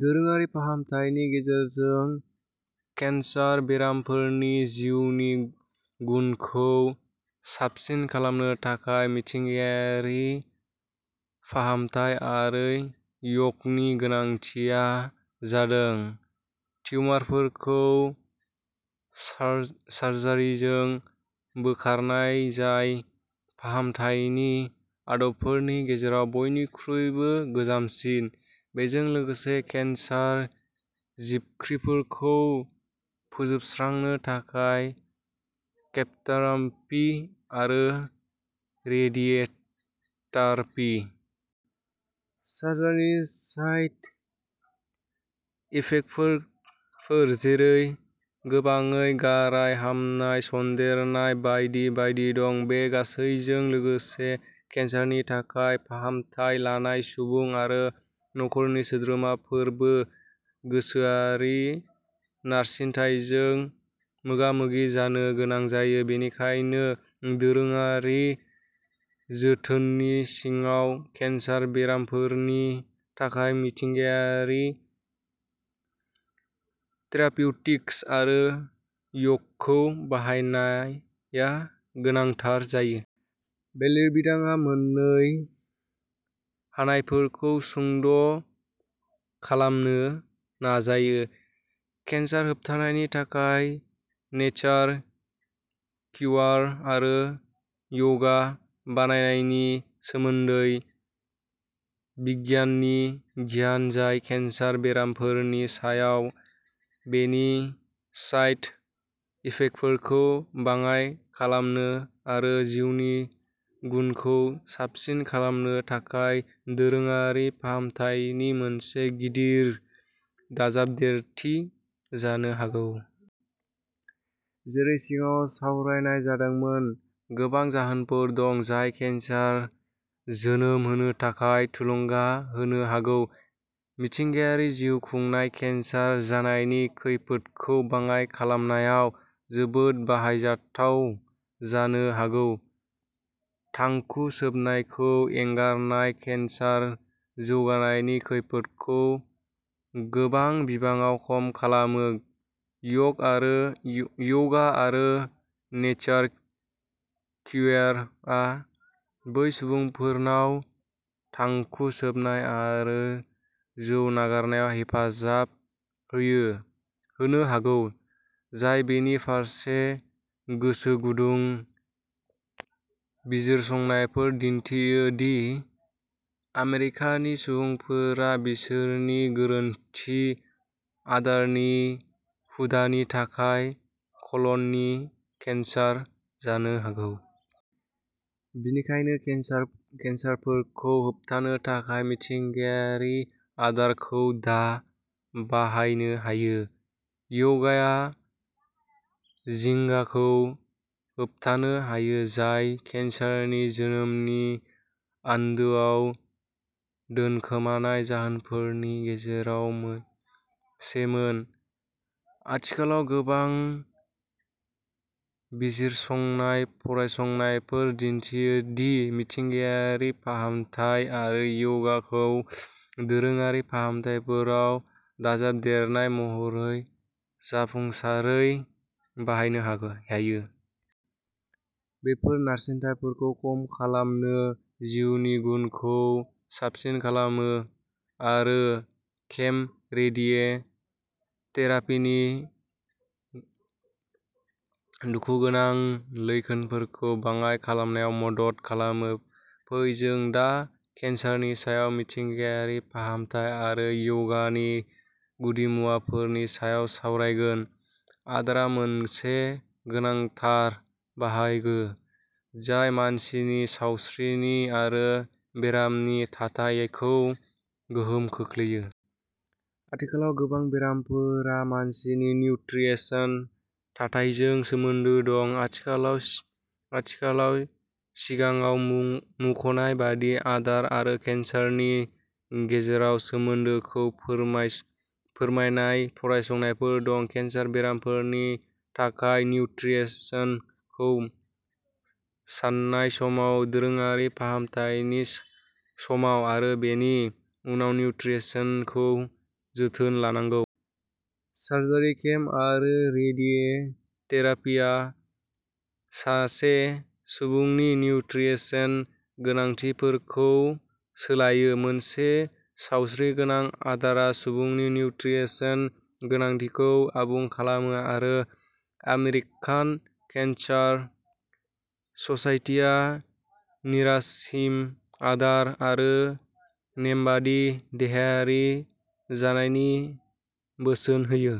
दोरोङारि फाहामथायनि गेजेरजों केन्सार बेरामिफोरनि जिउनि गुनखौ साबसिन खालामनो थाखाय मिथिंगायारि फाहामथाय आरो य'गनि गोनांथिया जादों टिउमारफोरखौ सार्जारिजों बोखारनाय जाय फाहामथायनि आदबफोरनि गेजेराव बयनिख्रुइबो गोजामसिन। बेजों लोगोसे केन्सार जिबख्रिफोरखौ फोजोबस्रांनो थाखाय केम'थेरापि आरो रेडिय'थेरापि। सार्जारिनि साइड इफेक्टफोर जेरै गोबावै गाराय हामनाय सन्देरनाय बायदि बायदि दं। बे गासैजों लोगोसे केन्सारनि थाखाय फाहामथाय लानाय सुबुं आरो नखरनि सोद्रोमाफोराबो गोसोआरि नारसिनथायजों मोगा मोगि जानो गोनां जायो। बेनिखायनो दोरोङारि जोथोननि सिङाव केन्सार बेरामिफोरनि थाखाय मिथिंगायारि थेरापिउटिक्स आरो य'गखौ बाहायनाया गोनांथार जायो। बे लिरबिदांआ मोन्नो हानायफोरखौ सुंद'खालामनो नाजायो। केन्सार होबथानायनि थाखाय नेचार किउयार आरो यगा बाहायनायनि सोमोन्दै बिगियानारि गियान जाय केन्सार बेरामिफोरनि सायाव बेनि साइड इफेक्टफोरखौ बाङाइ खालामनो आरो जिउनि गुनखौ साबसिन खालामनो थाखाय दोरोङारि फाहामथायनि मोनसे गिदिर दाजाबदेरथि जानो हागौ। जेरै सिगाङाव सावरायनाय जादोंमोन गोबां जाहोनफोर दं जाय केन्सार जोनोम होनो थाखाय थुलुंगा होनो हागौ। मिथिंगायारि जिउ खुंनाया केन्सार जानायनि खैफोदखौ बाङाय खालामनायाव जोबोद बाहायजाथाव जानो हागौ। थांखु सोबनायखौ एंगारनाया केन्सार जौगानायनि खैफोदखौ गोबां बिबाङाव खम खालामो यगा आरो नेचार किउयारआ बै सुबुंफोरनाव थांखु सोबनाय आरो जौ नागारनायाव हेफाजाब होनो हागौ जाय बेनि फारसे गोसो गुदुं बिजिरसंनायफोरा दिन्थियो दि आमेरिकानि सुबुंफोरा बिसोरनि गोरोन्थि आदारनि हुदानि थाखाय कलन नि केन्सार जानो हागौ। बेनिखायनो केन्सारफोरखौ होबथानो थाखाय मिथिंगायारि आदारखौ दा बाहायनो हायो। यगाआ जिंगाखौ होबथानो हायो जाय केन्सारनि जोनोमनि आन्दोआव दोनखोमानाय जाहोनफोरनि गेजेराव मोनसेमोन। आथिखालाव गोबां बिजिरसंनाय फरायसंनायफोरा दिन्थियो दि मिथिंगायारि फाहामथाय आरो य'गखौ दोरोङारि फाहामथायफोराव दाजाबदेरनाय महरै जाफुंसारै बाहायनो हायो। बेफोर नारसिनथायखौ खम खालामो जिउनि गुनखौ साबसिन खालामो आरो केम रेडिय'थेरापिनि दुखुगोनां लैखोनफोरखौ बाङाइ खालामनायाव मदद खालामो। फै जों दा केन्सारनि सायाव मिथिंगायारि फाहामथाय आरो य'गनि गुदिमुवाफोरनि सायाव सावरायगोन। आदारा मोनसे गोनांथार बाहागो जाय मानसिनि सावस्रि आरो बेरामनि थाथायखौ गोहोम खोख्लैयो। आथिखालाव गोबां बेरामफोरा मानसिनि निउत्रिसनेल थाथायजों सोमोन्दो दं। आथिखालाव सिगाङाव मुंख'नाय बायदि आदार आरो केन्सारनि गेजेराव सोमोन्दोखौ फोरमायनाय फरायसंनायफोर दं। केन्सार बेरामिफोरनि थाखाय निउत्रिसनखौ सान्नाय समाव दोरोङारि फाहामथायनि समाव आरो बेनि उनाव निउत्रिसनखौ जोथोन लानांगौ। सार्जारि केम'आरो रेडिय'थेरापिआ सासे सुबुंनि निउत्रिसनेल गोनांथिफोरखौ सोलायो। मोनसे सावस्रिगोनां आदारा सुबुंनि निउत्रिसनेल गोनांथिफोरखौ आबुं खालामनो हायो। आमेरिकान केन्सार ससाइटिआ निरामिस आदार आरो नेमबादि देहायारि जानायनि बोसोन होयो।